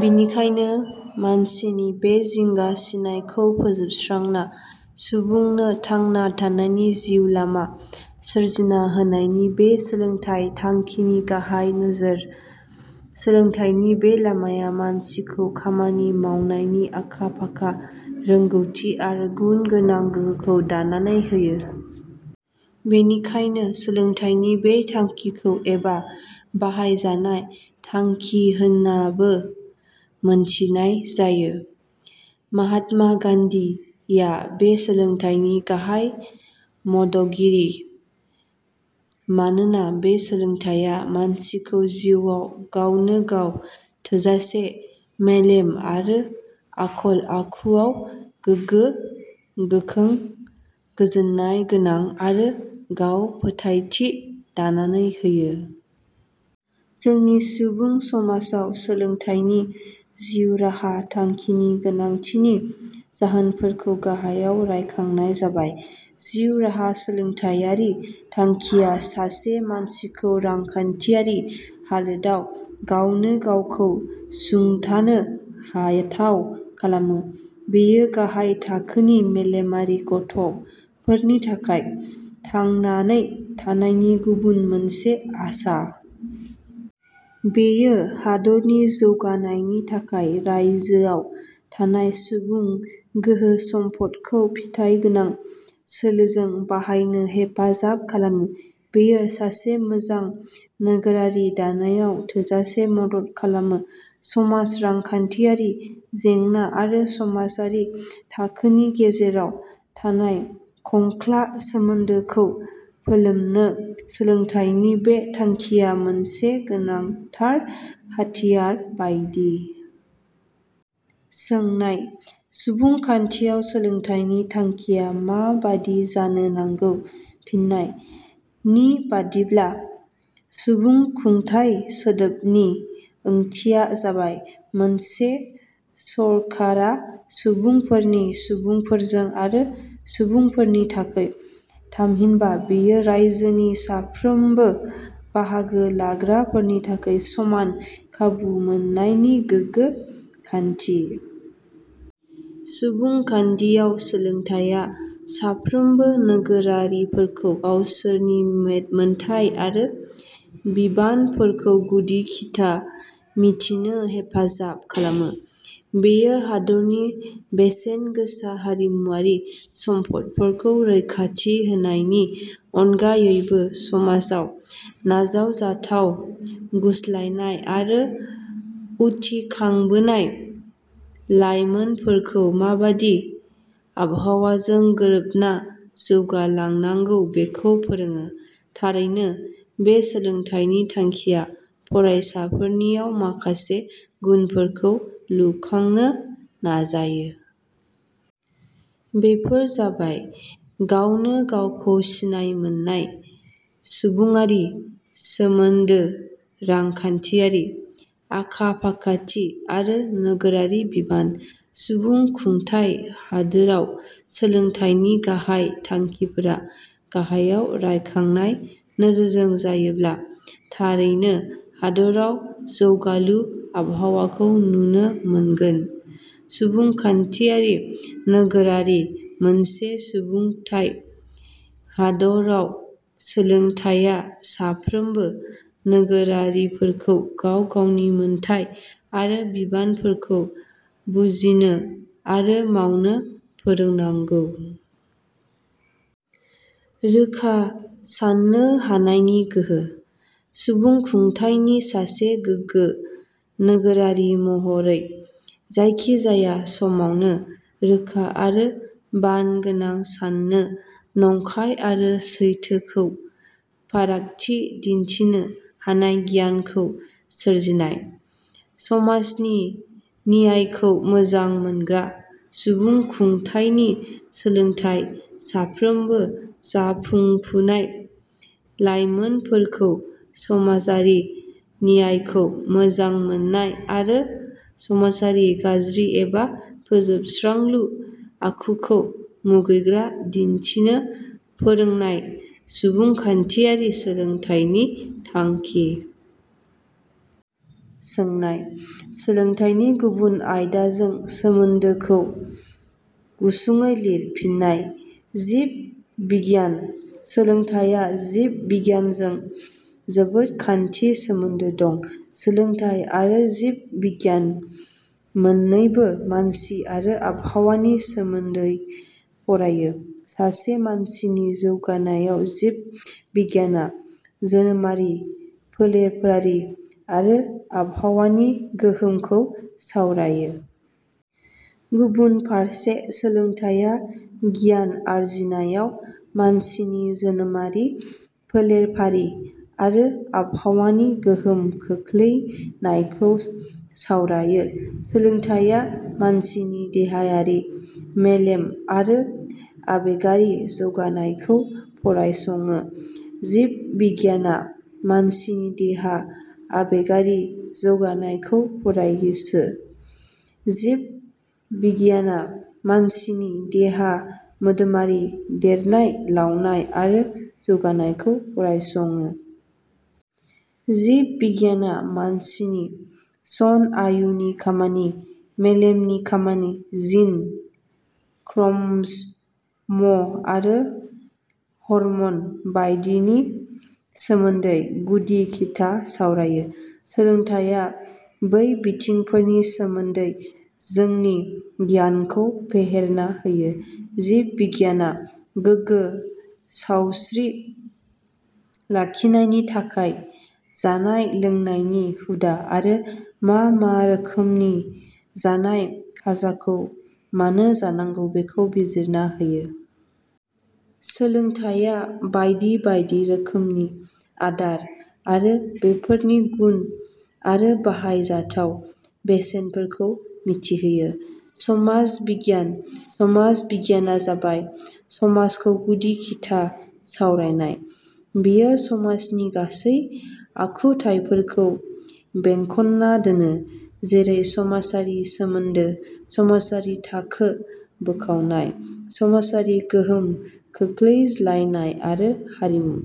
बिनिखायनो मानसिनि बे जिंगा सिनायखौ फोजोबस्रांना सुबुंनो थांना थानायनि जिउ लामा सोरजिना होनायानो बे सोलोंथाय थांखिनि गाहाय नोजोर। सोलोंथायनि बे लामाया मानसिखौ खामानि मावनायनि आखा फाखा, रोंगौथि आरो गुन गोनां गोहोखौ दानानै होयो। बेनिखायनो सोलोंथाइनि बे थांखिखौ "" एबा ' बाहायजानाय' थांखि होन्नाबो मोन्थिनाय जायो। महात्मा गान्धिया बे सोलोंथाइनि गाहाइ मददगिरि। मानोना बे सोलोंथाइया मानसिखौ जिउआव गावनो गाव थोजासे, मेलेम आरो आखल आखुआव गोगो-गोखों, गोजोन्नाय गोनां आरो गांव फोथाइथि दानानै होयो। जोंनि सुबुं समाजाव सोलोंथाइनि जिउ राहा थांखिनि गोनांथिनि जाहोनफोरखौ गाहायाव रायखांनाय जाबाय। जिउ राहा सोलोंथाइयारि थांखिया सासे मानसिखौ रांखान्थियारि हालोदाव गावनो गावखौ सुंथानो हाथाव खालामो। बेयो गाहाय थाखोनि मेलेमारि गथ 'फोरनि थाखाय थांनानै थानायनि गुबुन मोनसे आसा। बेयो हादोरनि जौगानायनि थाखाय रायजोआव थानाय सुबुं गोहो सम्पदखौ फिथाइगोनां सोलोजों बाहायनो हेफाजाब खालामो। बेयो सासे मोजां नोगोरारि दानायाव थोजासे मदद खालामो। समाज- रांखान्थियारि जेंना आरो समाजारि थाखोनि गेजेराव थानाय खंखला सोमोन्दोखौ फोलोमनो सोलोंथाइनि बे थांखिया मोनसे गोनांथार हाथियार बायदि। सोंनाय-. सुबुं खान्थियाव सोलोंथाइनि थांखिया मा बादि जानो नांगौ? फिन्नाय: नि बादिब्ला सुबुंखुंथाइ सोदोबनि ओंथिया जाबाय, 'मोनसे सरकारा सुबुंफोरनि, सुबुंफोरजों आरो सुबुंफोरनि थाखै। " थामहिनबा बेयो रायजोनि साफ्रोमबो बाहागो लाग्राफोरनि थाखै समान खाबु मोन्नायनि गोगो खान्थि। सुबुंखान्धियाव सोलोंथाइया साफ्रोमबो नोगोरारिफोरखौ गावसोरनि मोन्थाइ आरो बिबानफोरखौ गुदि-खिथा मिथिनो हेफाजाब खालामो। बेयो हादरनि बेसेनगोसा हारिमुवारि सम्पदफोरखौ रैखाथि होनायनि अनगायैबो समाजाव नाजावजाथाव गुस्लायनाय आरो उथिखांबोनाय लाइमोनफोरख माबादि आबहावाजों गोरोबना जौगालांनांगौ बेखौ फोरोङो। थारैनो वे सोलोंथाइनि थांखिया फरायसाफोरनियाव माखासे गुनफोरखौ लुखांनो नाजायो। बेफोर जाबाय- गावनो गावखौ सिनायमोन्नाय सुबुडारि सोमोन्दो रांखान्थियारि आखा-फाखाथि आरो नोगोरारि बिबान। सुबुं खुंथाय हादोराव सोलोंथाइनि गाहाइ थांखिफोरा गाहायाव रायखांनाय नोजोरजों जायोब्ला थारैनो हादराव जौगालु आबहावाखौ नुनो मोनगोन। सुबुंखान्थियारि नोगोरारि: मोनसे सुबुंखुंथाइ हादोराव सोलोंथाइया साफ्रोमबो नोगोरारिफोरखौ गाव-गावनि मोन्थाइ आरो बिबानफोरखौ बुजिनो आरो मावनो फोरोंनांगौ। रोखा सान्नो हानायनि गोहो: सुबुंखुंथाइनि सासे गोगो नोगोरारि महरै जायखिजाया समावनो रोखा आरो बान गोनां सान्नो, नंखाय आरो सैथोखौ फारागथि दिन्थिनो हानाय गियानखौ सोरजिनाय। समाजनि नियायखौ मोजां मोनग्रा: सुबुंखुंथाइनि सोलोंथाइया साफ्रोमबो जाखुंफुनाय लाइमोनफोरखौ समाजारि नियायखौ मोजांमोन्नाय आरो समाजारि गाज्रि एबा फोजोबस्रांलु आखुखौ मुगैग्रा दिन्थिनो फोरोंनाया सुबुंखान्थियारि सोलोंथाइनि थांखि। सोंनाय-. सोलोंथाइनि गुबुन आयदाजों सोमोन्दोखौ गुसुङै लिर। फिन्नाय: जिब बिगियान: सोलोंथाइया जिब बिगियानजों जोबोद खान्थि सोमोन्दो दं। सोलोंथाइ आरो जिब बिगियान मोन्नैबो मानसि आरो आबहावानि सोमोन्दै फरायो। सासे मानसिनि जौगानायाव जिब बिगियाना जोनोमारि फोलेरफारि आरो आबाहावानि गोहोमखौ सावरायो। गुबुन फारसे सोलोंथाइया गियान आरजिनायाव मानसिनि जोनोमारि फोलेरफारि आरो आबहावानि गोहोम खोख्लैनायखौ सावरायो। सोलोंथाइया मानसिनि देहायारि, मेलेम आरो आबेगारि जौगानायखौ फरायसङो। जिब बिगियाना मानसिनि देहा-आबेगारि जौगानायखौ फरायसो। जिब बिगियाना मानसिनि देहा-मोदोमारि देरनाय- लावनाय आरो जौगानायखौ फरायसङो। जिब बिगियाना मानसिनि स्नायुनि खामानि, मेलेमनि खामानि, जिन, क्रमज 'म आरो हरमन बायदिनि सोमोन्दै गुदि-खिथा सावरायो। सोलोंथाइया बै बिथिंफोरनि सोमोन्दै जोंनि गियानखौ फेहेरना होयो। जिब बिगियाना गोगो साउस्त्रि लाखिनायनि थाखाय जानाय-लोंनायनि हुदा आरो मा मा रोखोमनि जानाय खाजाखौ मानो जानांगौ बेखौ बिजिरना होयो। सोलोंथाइया बायदि बायदि रोखोमनि आदार आरो बेफोरनि गुन आरो बाहाय जाथाव बेसेनफोरखौ मिथि होयो। समाज बिगियान: समाज बिगियाना जाबाय समाजखौ गुदि-खिथा सावरायनाय। बेयो समाजनि गासै आखुथाइफोरखौ बेंखन्ना दोनो। जेरै- समाजारि सोमोन्दो, समाजारि थाखो बोखावनाय, समाजारि गोहोम खोख्लैज्लायनाय आरो हारिमु।